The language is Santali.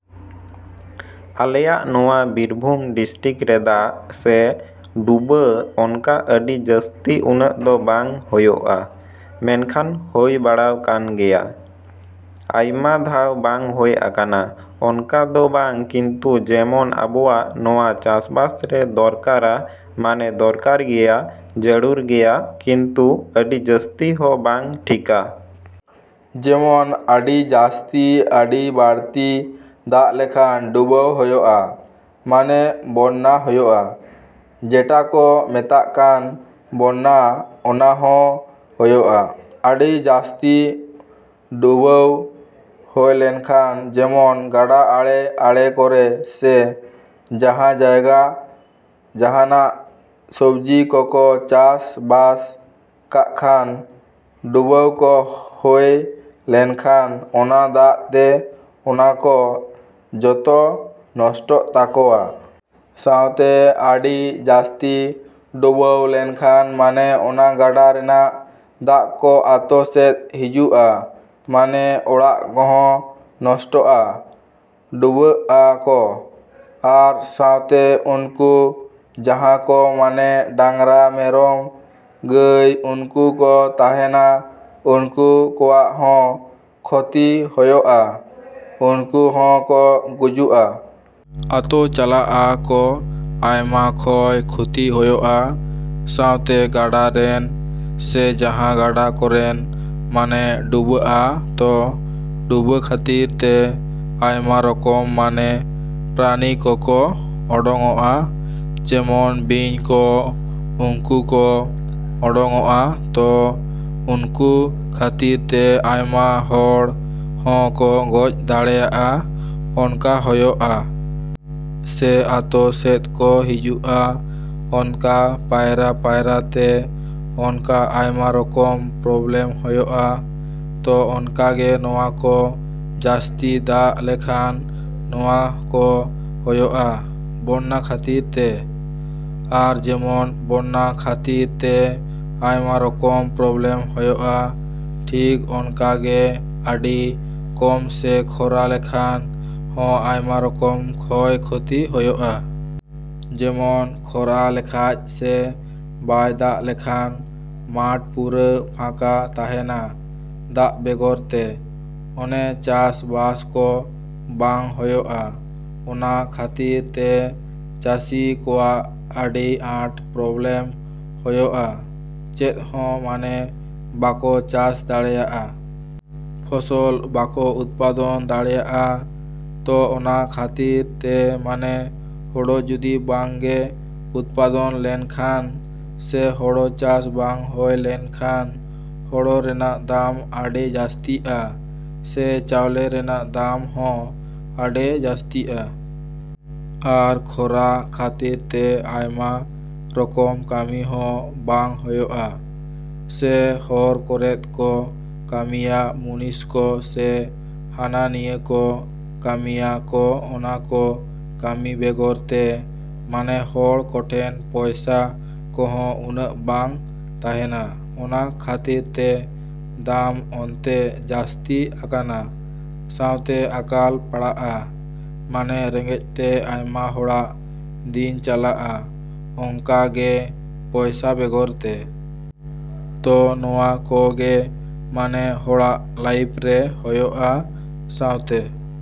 ᱟᱞᱮᱭᱟᱜ ᱱᱚᱶᱟ ᱵᱤᱨᱵᱷᱩᱢ ᱰᱤᱥᱴᱤᱠ ᱨᱮᱫᱟᱜ ᱥᱮ ᱰᱩᱵᱟᱹ ᱚᱱᱠᱟ ᱟᱰᱤ ᱡᱟᱥᱛᱤ ᱩᱱᱟᱹᱜ ᱫᱚ ᱵᱟᱝ ᱦᱳᱭᱳᱜᱼᱟ ᱢᱮᱱᱠᱷᱟᱱ ᱦᱳᱭ ᱵᱟᱲᱟᱣ ᱠᱟᱱ ᱜᱮᱭᱟ᱾ ᱟᱭᱢᱟ ᱫᱷᱟᱣ ᱵᱟᱝ ᱦᱳᱭ ᱟᱠᱟᱱᱟ ᱚᱱᱠᱟ ᱫᱚ ᱵᱟᱝ ᱠᱤᱱᱛᱩ ᱫᱟᱜ ᱡᱮᱢᱚᱱ ᱟᱵᱚᱣᱟᱜ ᱱᱚᱶᱟ ᱪᱟᱥ ᱵᱟᱥ ᱨᱮ ᱫᱚᱨᱠᱟᱨᱟ ᱢᱟᱱᱮ ᱫᱚᱨᱠᱟᱨ ᱜᱮᱭᱟ, ᱡᱟᱨᱩᱲ ᱜᱮᱭᱟ ᱠᱤᱱᱛᱩ ᱟᱰᱤ ᱡᱟᱥᱛᱤ ᱦᱚᱸ ᱵᱟᱝ ᱴᱷᱤᱠᱟ᱾ ᱡᱮᱢᱚᱱ ᱟᱰᱤ ᱡᱟᱥᱛᱤ ᱟᱰᱤ ᱵᱟᱲᱛᱤ ᱫᱟᱜ ᱞᱮᱠᱷᱟᱱ ᱰᱩᱵᱟᱹᱣ ᱦᱳᱭᱳᱜᱼᱟ, ᱢᱟᱱᱮ ᱵᱚᱱᱱᱟ ᱦᱳᱭᱳᱜᱼᱟ, ᱡᱮᱴᱟ ᱠᱚ ᱢᱮᱛᱟᱜ ᱠᱟᱱ ᱵᱚᱱᱱᱟ ᱚᱱᱟ ᱦᱚᱸ ᱦᱳᱭᱳᱜᱼᱟ᱾ ᱟᱰᱤ ᱡᱟᱥᱛᱤ ᱰᱩᱵᱟᱹᱣ ᱦᱳᱭ ᱞᱮᱱᱠᱷᱟᱱ ᱡᱮᱢᱚᱱ ᱜᱟᱰᱟ ᱟᱲᱮ ᱟᱲᱮ ᱠᱚᱨᱮ ᱥᱮ ᱡᱟᱦᱟᱸ ᱡᱟᱭᱜᱟ ᱡᱟᱦᱟᱱᱟᱜ ᱥᱚᱵᱽᱡᱤ ᱠᱚ ᱠᱚ ᱪᱟᱥ ᱵᱟᱥ ᱠᱟᱜ ᱠᱷᱟᱱ ᱰᱩᱵᱟᱹᱣ ᱠᱚ ᱦᱳᱭ ᱞᱮᱱ ᱠᱷᱟᱱ ᱚᱱᱟ ᱫᱟᱜ ᱛᱮ ᱚᱱᱟ ᱠᱚ ᱡᱚᱛᱚ ᱱᱚᱥᱴᱚᱜ ᱛᱟᱠᱚᱣᱟ᱾ ᱥᱟᱶᱛᱮ ᱟᱰᱤ ᱡᱟᱥᱛᱤ ᱰᱩᱵᱟᱹᱣ ᱞᱮᱠᱷᱟᱱ ᱢᱟᱱᱮ ᱚᱱᱟ ᱜᱟᱰᱟ ᱨᱮᱱᱟᱜ ᱫᱟᱜ ᱠᱚ ᱟᱛᱳ ᱥᱮᱫ ᱦᱤᱡᱩᱜᱼᱟ ᱢᱟᱱᱮ ᱚᱲᱟᱜ ᱠᱚᱦᱚᱸ ᱱᱚᱥᱴᱚᱜᱼᱟ, ᱰᱩᱵᱟᱹᱜᱼᱟ ᱠᱚ᱾ ᱟᱨ ᱥᱟᱶᱛᱮ ᱩᱱᱠᱩ ᱡᱟᱦᱟᱸ ᱠᱚ ᱢᱟᱱᱮ ᱰᱟᱝᱨᱟ ᱢᱮᱨᱚᱢ ᱜᱟᱹᱭ ᱩᱱᱠᱩ ᱠᱚ ᱛᱟᱦᱮᱱᱟ ᱩᱱᱠᱩ ᱠᱚᱣᱟᱜ ᱦᱚᱸ ᱠᱷᱚᱛᱤ ᱦᱳᱭᱳᱜᱼᱟ, ᱩᱱᱠᱩ ᱦᱚᱸ ᱠᱚ ᱜᱩᱡᱩᱜᱼᱟ᱾ ᱟᱛᱳ ᱪᱟᱞᱟᱜᱼᱟ ᱠᱚ, ᱟᱭᱢᱟ ᱠᱷᱚᱭ ᱠᱷᱚᱛᱤ ᱦᱳᱭᱳᱜᱼᱟ᱾ ᱥᱟᱶᱛᱮ ᱜᱟᱰᱟ ᱨᱮᱱ ᱥᱮ ᱡᱟᱦᱟᱸ ᱜᱟᱰᱟ ᱠᱚᱨᱮᱱ ᱢᱟᱱᱮ ᱰᱩᱵᱟᱹᱜᱼᱟ ᱛᱚ ᱰᱩᱵᱟᱹ ᱠᱷᱟᱛᱤᱨ ᱛᱮ ᱟᱭᱢᱟ ᱨᱚᱠᱚᱢ ᱢᱟᱱᱮ ᱯᱨᱟᱱᱤ ᱠᱚ ᱠᱚ ᱳᱰᱳᱝᱚᱜᱼᱟ ᱡᱮᱢᱚᱱ ᱵᱤᱧ ᱠᱚ ᱩᱱᱠᱩ ᱠᱚ ᱳᱰᱳᱝᱚᱜᱼᱟ ᱛᱚ ᱩᱱᱠᱩ ᱠᱷᱟᱛᱤᱨ ᱛᱮ ᱟᱭᱢᱟ ᱦᱚᱲ ᱦᱚᱸ ᱠᱚ ᱜᱚᱡᱽ ᱫᱟᱲᱮᱭᱟᱜᱼᱟ ᱚᱱᱠᱟ ᱦᱳᱭᱳᱜᱼᱟ᱾ ᱥᱮ ᱟᱛᱳ ᱥᱮᱫ ᱠᱚ ᱦᱤᱡᱩᱜᱼᱟ ᱚᱱᱠᱟ ᱯᱟᱭᱨᱟ ᱯᱟᱭᱨᱟ ᱛᱮ ᱚᱱᱠᱟ ᱟᱭᱢᱟ ᱨᱚᱠᱚᱢ ᱯᱨᱚᱵᱞᱮᱢ ᱦᱳᱭᱳᱜᱼᱟ᱾ ᱛᱚ ᱚᱱᱠᱟ ᱜᱮ ᱱᱚᱶᱟ ᱠᱚ ᱡᱟᱥᱛᱤ ᱫᱟᱜ ᱞᱮᱠᱷᱟᱱ ᱱᱚᱶᱟ ᱠᱚ ᱦᱳᱭᱳᱜᱼᱟ, ᱵᱚᱱᱱᱟ ᱠᱷᱟᱛᱤᱨ ᱛᱮ᱾ ᱟᱨ ᱡᱮᱢᱚᱱ ᱵᱚᱱᱱᱟ ᱠᱷᱟᱛᱤᱨ ᱛᱮ ᱟᱭᱢᱟ ᱨᱚᱠᱚᱢ ᱯᱨᱚᱵᱞᱮᱢ ᱦᱳᱭᱳᱜᱼᱟ ᱴᱷᱤᱠ ᱚᱱᱠᱟ ᱜᱮ ᱟᱰᱤ ᱠᱚᱢ ᱥᱮ ᱠᱷᱚᱨᱟ ᱞᱮᱠᱷᱟᱱ ᱦᱚᱸ ᱟᱭᱢᱟ ᱨᱚᱠᱚᱢ ᱠᱷᱚᱭ ᱠᱷᱚᱛᱤ ᱦᱳᱭᱳᱜᱼᱟ᱾ ᱡᱮᱢᱚᱱ ᱠᱷᱚᱨᱟ ᱞᱮᱠᱷᱟᱡ ᱥᱮ ᱵᱟᱭ ᱫᱟᱜ ᱞᱮᱠᱷᱟᱱ ᱢᱟᱴᱷ ᱯᱩᱨᱟᱹ ᱯᱷᱟᱸᱠᱟ ᱛᱟᱦᱮᱱᱟ ᱫᱟᱜ ᱵᱮᱜᱚᱨ ᱛᱮ᱾ ᱚᱱᱮ ᱪᱟᱥ ᱵᱟᱥ ᱠᱚ ᱵᱟᱝ ᱦᱳᱭᱩᱳᱜᱼᱟ, ᱚᱱᱟ ᱠᱷᱟᱛᱤᱨ ᱛᱮ ᱪᱟᱥᱤ ᱠᱚᱣᱟᱜ ᱟᱰᱤ ᱟᱸᱴ ᱯᱨᱚᱵᱞᱮᱢ ᱦᱳᱭᱳᱜᱼᱟ, ᱪᱮᱫ ᱦᱚᱸ ᱢᱟᱱᱮ ᱵᱟᱠᱚ ᱪᱟᱥ ᱫᱟᱲᱮᱭᱟᱜᱼᱟ᱾ ᱯᱷᱚᱥᱚᱞ ᱵᱟᱠᱚ ᱩᱛᱯᱟᱫᱚᱱ ᱫᱟᱲᱮᱭᱟᱜᱼᱟ, ᱛᱚ ᱚᱱᱟ ᱠᱷᱟᱛᱤᱨ ᱛᱮ ᱢᱟᱱᱮ ᱦᱳᱲᱳ ᱡᱩᱫᱤ ᱵᱟᱝ ᱜᱮ ᱩᱛᱯᱟᱫᱚᱱ ᱞᱮᱱᱠᱷᱟᱱ ᱥᱮ ᱦᱳᱲᱳ ᱪᱟᱥ ᱵᱟᱝ ᱦᱳᱭ ᱞᱮᱱ ᱠᱷᱟᱱ ᱦᱳᱲᱳ ᱨᱮᱱᱟᱜ ᱫᱟᱢ ᱟᱰᱤ ᱡᱟᱥᱛᱤᱜᱼᱟ ᱥᱮ ᱪᱟᱣᱞᱮ ᱨᱮᱱᱟᱜ ᱫᱟᱢ ᱦᱚᱸ ᱟᱰᱤ ᱡᱟᱥᱛᱤᱜᱼᱟ᱾ ᱟᱨ ᱠᱷᱚᱨᱟ ᱠᱷᱟᱛᱤᱨ ᱛᱮ ᱟᱭᱢᱟ ᱨᱚᱠᱚᱢ ᱠᱟᱢᱤ ᱦᱚᱸ ᱵᱟᱝ ᱦᱳᱭᱳᱜᱼᱟ᱾ ᱥᱮ ᱦᱚᱨ ᱠᱚᱨᱮᱫ ᱠᱚ ᱠᱟᱢᱤᱭᱟ ᱢᱩᱱᱤᱥ ᱠᱚ ᱥᱮ ᱦᱟᱱᱟ ᱱᱤᱭᱟᱹ ᱠᱚ ᱠᱟᱢᱤᱭᱟ ᱠᱚ ᱚᱱᱟ ᱠᱚ ᱠᱟᱢᱤ ᱵᱮᱜᱚᱨ ᱛᱮ ᱢᱟᱱᱮ ᱦᱚᱲ ᱠᱚᱴᱷᱮᱱ ᱯᱚᱭᱥᱟ ᱠᱚᱦᱚᱸ ᱩᱱᱟᱹᱜ ᱵᱟᱝ ᱛᱟᱦᱮᱱᱟ, ᱚᱱᱟ ᱠᱷᱟᱛᱤᱨ ᱛᱮ ᱫᱟᱢ ᱚᱱᱛᱮ ᱡᱟᱥᱛᱤ ᱟᱠᱟᱱᱟ ᱥᱟᱶᱛᱮ ᱟᱠᱟᱞ ᱯᱟᱲᱟᱜᱼᱟ ᱢᱟᱱᱮ ᱨᱮᱸᱜᱮᱡ ᱛᱮ ᱟᱭᱢᱟ ᱦᱚᱲᱟᱜ ᱫᱤᱱ ᱪᱟᱞᱟᱜᱼᱟ ᱚᱝᱠᱟ ᱜᱮ ᱯᱚᱭᱥᱟ ᱵᱮᱜᱚᱨ ᱛᱮ᱾ ᱛᱚ ᱱᱚᱶᱟ ᱠᱚ ᱜᱮ ᱢᱟᱱᱮ ᱦᱚᱲᱟᱜ ᱞᱟᱭᱤᱯᱷ ᱨᱮ ᱦᱳᱭᱳᱜᱼᱟ ᱥᱟᱶᱛᱮᱼᱼ